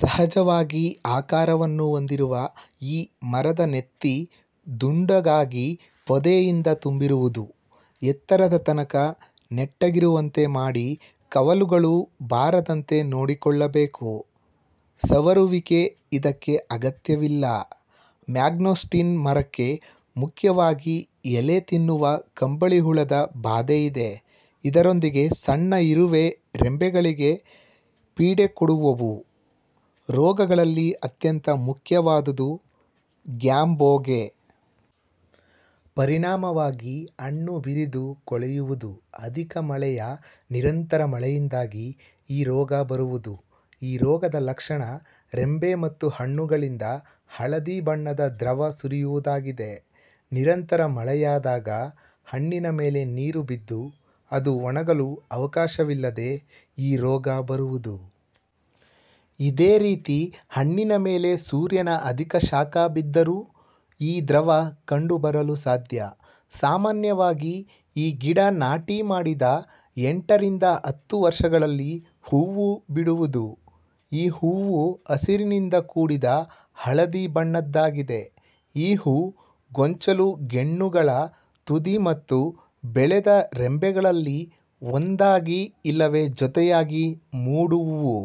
ಸಹಜವಾಗಿ ಆಕಾರವನ್ನು ಹೊಂದಿರುವ ಈ ಮರದ ನೆತ್ತಿ ದುಂಡಗಾಗಿ ಪೊದೆಯಿಂದ ತುಂಬಿರುವುದು. ಎತ್ತರದ ತನಕ ನೆಟ್ಟಗಿರುವಂತೆ ಮಾಡಿ ಕವಲುಗಳು ಬಾರದಂತೆ ನೋಡಿಕೊಳ್ಳಬೇಕು. ಸವರುವಿಕೆ ಇದಕ್ಕೆ ಅಗತ್ಯವಿಲ್ಲ. ಮ್ಯಾಂಗೋಸ್ಟಿನ್ ಮರಕ್ಕೆ ಮುಖ್ಯವಾಗಿ ಎಲೆ ತಿನ್ನುವ ಕಂಬಳಿ ಹುಳದ ಬಾಧೆಯಿದೆ. ಇದರೊಂದಿಗೆ ಸಣ್ಣ ಇರುವೆ ರೆಂಬೆಗಳಿಗೆ ಪೀಡೆಕೊಡುವುವು. ರೋಗಗಳಲ್ಲಿ ಅತ್ಯಂತ ಮುಖ್ಯವಾದುದು "ಗ್ಯಾಂಬೋಗೆ". ಪರಿಣಾಮವಾಗಿ ಹಣ್ಣು ಬಿರಿದು ಕೊಳೆಯುವುದು. ಅಧಿಕ ಮಳೆ ಯಾ ನಿರಂತರ ಮಳೆಯಿಂದಾಗಿ ಈ ರೋಗ ಬುರುವುದು. ಈ ರೋಗದ ಲಕ್ಷಣ ರೆಂಬೆ ಮತ್ತು ಹಣ್ಣುಗಳಿಂದ ಹಳದಿ ಬಣ್ಣದ ದ್ರವ ಸುರಿಯುವುದಾಗಿದೆ. ನಿರಂತರ ಮಳೆಯಾದಾಗ ಹಣ್ಣಿನ ಮೇಲೆ ನೀರು ಬಿದ್ದು, ಅದು ಒಣಗಲು ಅವಕಾಶವಿಲ್ಲದೆ ಈ ರೋಗ ಬರುವುದು. ಇದೇ ರೀತಿ ಹಣ್ಣಿನ ಮೇಲೆ ಸೂರ್ಯನ ಅಧಿಕ ಶಾಖ ಬಿದ್ದರೂ ಈ ದ್ರವ ಕಂಡು ಬರಲು ಸಾಧ್ಯ. ಸಾಮಾನ್ಯವಾಗಿ ಈ ಗಿಡ ನಾಟಿ ಮಾಡಿದ ಎಂಟ ರಿಂದ ಹತ್ತು ವರ್ಷಗಳಲ್ಲಿ ಹೂವು ಬಿಡುವುದು. ಈ ಹೂವು ಹಸಿರಿನಿಂದ ಕೂಡಿದ ಹಳದಿ ಬಣ್ಣದ್ದಾಗಿದೆ ಈ ಹೂ ಗೊಂಚಲು ಗೆಣ್ಣುಗಳ ತುದಿ ಮತ್ತು ಬೆಳೆದ ರೆಂಬೆಗಳಲ್ಲಿ ಒಂದಾಗಿ ಇಲ್ಲವೆ ಜೊತೆಯಾಗಿ ಮೂಡುವುವು.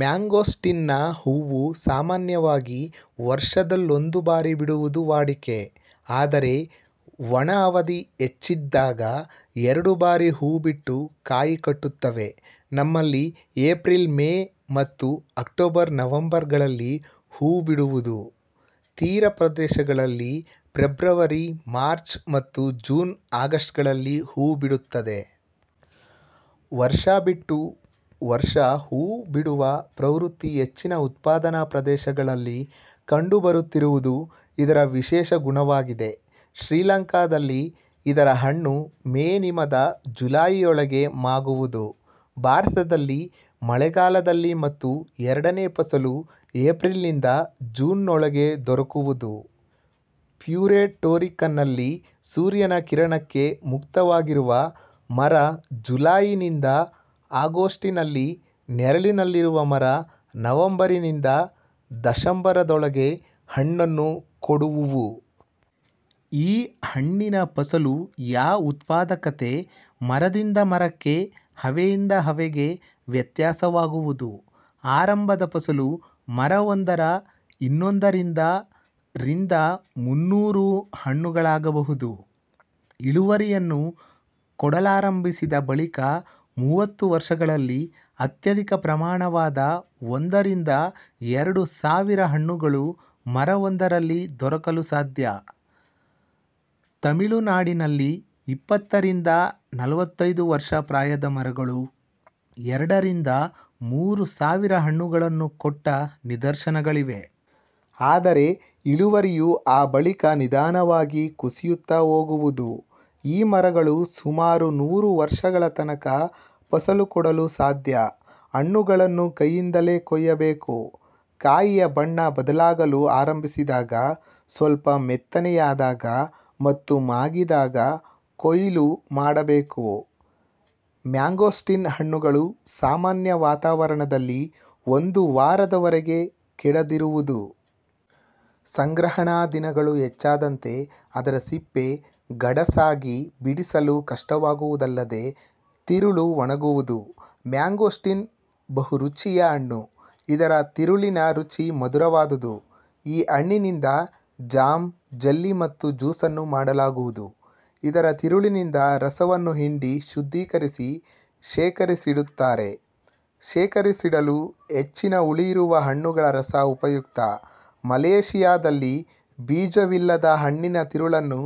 ಮ್ಯಾಂಗೋಸ್ಟಿನ್ನ ಹೂವು ಸಾಮಾನ್ಯವಾಗಿ ವರ್ಷದಲ್ಲೊಂದು ಬಾರಿ ಬಿಡುವುದು ವಾಡಿಕೆ, ಆದರೆ, ಒಣ ಅವಧಿ ಹೆಚ್ಚಿದ್ದಾಗ ಎರಡು ಬಾರಿ ಹೂವು ಬಿಟ್ಟು ಕಾಯಿ ಕಟ್ಟುತ್ತವೆ. ನಮ್ಮಲ್ಲಿ ಏಪ್ರಿಲ್ – ಮೇ ಮತ್ತು ಅಕ್ಟೋಬರ್ – ನವಂಬರ್ ಗಳಲ್ಲಿ ಹೂವು ಬಿಡುವುದು. ತೀರ ಪ್ರದೇಶಗಳಲ್ಲಿ ಫೆಬ್ರವರಿ-ಮಾರ್ಚ್ ಮತ್ತು ಜೂನ್ -ಆಗಸ್ಟ್ಗಳಲ್ಲಿ ಹೂವು ಬಿಡುತ್ತದೆ. ವರ್ಷ ಬಿಟ್ಟು ವರ್ಷ ಹೂವು ಬಿಡುವ ಪ್ರವೃತ್ತಿ ಹೆಚ್ಚಿನ ಉತ್ಪಾದನಾ ಪ್ರದೇಶಗಳಲ್ಲಿ ಕಂಡು ಬರುತ್ತಿರುವುದು ಇದರ ವಿಶೇಷ ಗುಣವಾಗಿದೆ. ಶ್ರೀಲಂಕಾದಲ್ಲಿ ಇದರ ಹಣ್ಣು ಮೇ ನಿಮದ ಜುಲಾಯಿಯೊಳಗೆ ಮಾಗುವುದು. ಭಾರತದಲ್ಲಿ ಮಳೆಗಾಲದಲ್ಲಿ ಮತ್ತು ಎರಡನೆ ಫಸಲು ಏಪ್ರಿಲ್ನಿಂದ ಜೂನ್ನೊಳಗೆ ದೊರಕುವುದು. ಪ್ಯುರೆಟೋರಿಕನ್ನಲ್ಲಿ ಸೂರ್ಯನ ಕಿರಣಕ್ಕೆ ಮುಕ್ತವಾಗಿರುವ ಮರ ಜುಲಾಯಿನಿಂದ ಅಗೋಸ್ಟುನಲ್ಲಿ ನೆರಳಲ್ಲಿರುವ ಮರ ನವಂಬರಿನಿಂದ ದಶಂಬರದೊಳಗೆ ಹಣ್ಣನ್ನು ಕೊಡುವುವು. ಈ ಹಣ್ಣಿನ ಫಸಲು ಯಾ ಉತ್ಪಾದಕತೆ ಮರದಿಂದ ಮರಕ್ಕೆ, ಹವೆಯಿಂದ ಹವೆಗೆ ವ್ಯತ್ಯಾಸವಾಗುವುದು. ಆರಂಭದ ಫಸಲು ಮರವೊಂದರ ಇನ್ನೂರರಿಂದ ರಿಂದ ಮುನ್ನೂರು ಹಣ್ಣುಗಳಾಗಬಹುದು. ಇಳುವರಿಯನ್ನು ಕೊಡಲಾರಂಭಿಸಿದ ಬಳಿಕದ ಮೂವತ್ತು ವರ್ಷಗಳಲ್ಲಿ ಅತ್ಯಧಿಕ ಪ್ರಮಾಣವಾದ ಒಂದ ರಿಂದ ಎರಡು ಸಾವಿರ ಹಣ್ಣುಗಳು ಮರವೊಂದರಲ್ಲಿ ದೊರಕಲು ಸಾಧ್ಯ. ತಮಿಳುನಾಡಿನಲ್ಲಿಇಪ್ಪತ್ತ ರಿಂದ ನಲವತ್ತೈದು ವರ್ಷ ಪ್ರಾಯದ ಮರಗಳು ಎರಡ ರಿಂದ ಮೂರು ಸಾವಿರ ಹಣ್ನುಗಳನ್ನು ಕೊಟ್ಟ ನಿದರ್ಶನಗಳಿವೆ. ಆದರೆ ಇಳುವರಿಯು ಆ ಬಳಿಕ ನಿಧಾನವಾಗಿ ಕುಸಿಯುತ್ತಾ ಹೋಗುವುದು. ಈ ಮರಗಳು ಸುಮಾರು ನೂರು ವರ್ಷಗಳ ತನಕ ಫಸಲು ಕೊಡಲು ಸಾಧ್ಯ. ಹಣ್ಣುಗಳನ್ನು ಕೈಯಿಂದಲೇ ಕೊಯ್ಯಬೇಕು. ಕಾಯಿಯ ಬಣ್ಣ ಬದಲಾಗಲು ಆರಂಭಿಸಿದಾಗ, ಸ್ವಲ್ಪ ಮೆತ್ತನೆಯಾದಾಗ ಮತ್ತು ಮಾಗಿದಾಗ ಕೊಯ್ಲು ಮಾಡಬೇಕು. ಮ್ಯಾಂಗೋಸ್ಟಿನ್ ಹಣ್ಣುಗಳು ಸಾಮಾನ್ಯ ವಾತಾವರಣದಲ್ಲಿ ಒಂದು ವಾರದವರೆಗೆ ಕೆಡದಿರುವುದು. ಸಂಗ್ರಹಣಾ ದಿನಗಳು ಹೆಚ್ಚಾದಂತೆ ಅದರ ಸಿಪ್ಪೆ ಗಡಸಾಗಿ ಬಿಡಿಸಲು ಕಷ್ಟವಾಗುವುದಲ್ಲದೆ ತಿರುಳು ಒಣಗುವುದು. ಮ್ಯಾಂಗೋಸ್ಟಿನ್ ಬಹುರುಚಿಯ ಹಣ್ಣು. ಇದರ ತಿರುಳಿನ ರುಚಿ ಮಧುರವಾದುದು. ಈ ಹಣ್ಣಿನಿಂದ ಜಾಮ್, ಜೆಲ್ಲಿ ಮತ್ತು ಜ್ಯೂಸನ್ನು ಮಾಡಲಾಗುವುದು. ಇದರ ತಿರುಳಿನಿಂದ ರಸವನ್ನು ಹಿಂಡಿ ಶುದ್ಧೀಕರಿಸಿ ಶೇಖರಿಸಿಡುತ್ತಾರೆ. ಶೇಖರಿಸಿಡಲು ಹೆಚ್ಚಿನ ಹುಳಿಯಿರುವ ಹಣ್ಣುಗಳ ರಸ ಉಪಯುಕ್ತ. ಮಲೇಶಿಯಾದಲ್ಲಿ ಬೀಜವಿಲ್ಲದ ಹಣ್ಣಿನ ತಿರುಳನ್ನು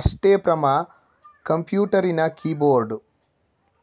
ಅಷ್ಟೇ ಪ್ರಮ ಕಂಪ್ಯೂಟರಿನ ಕೀಬೋರ್ಡ್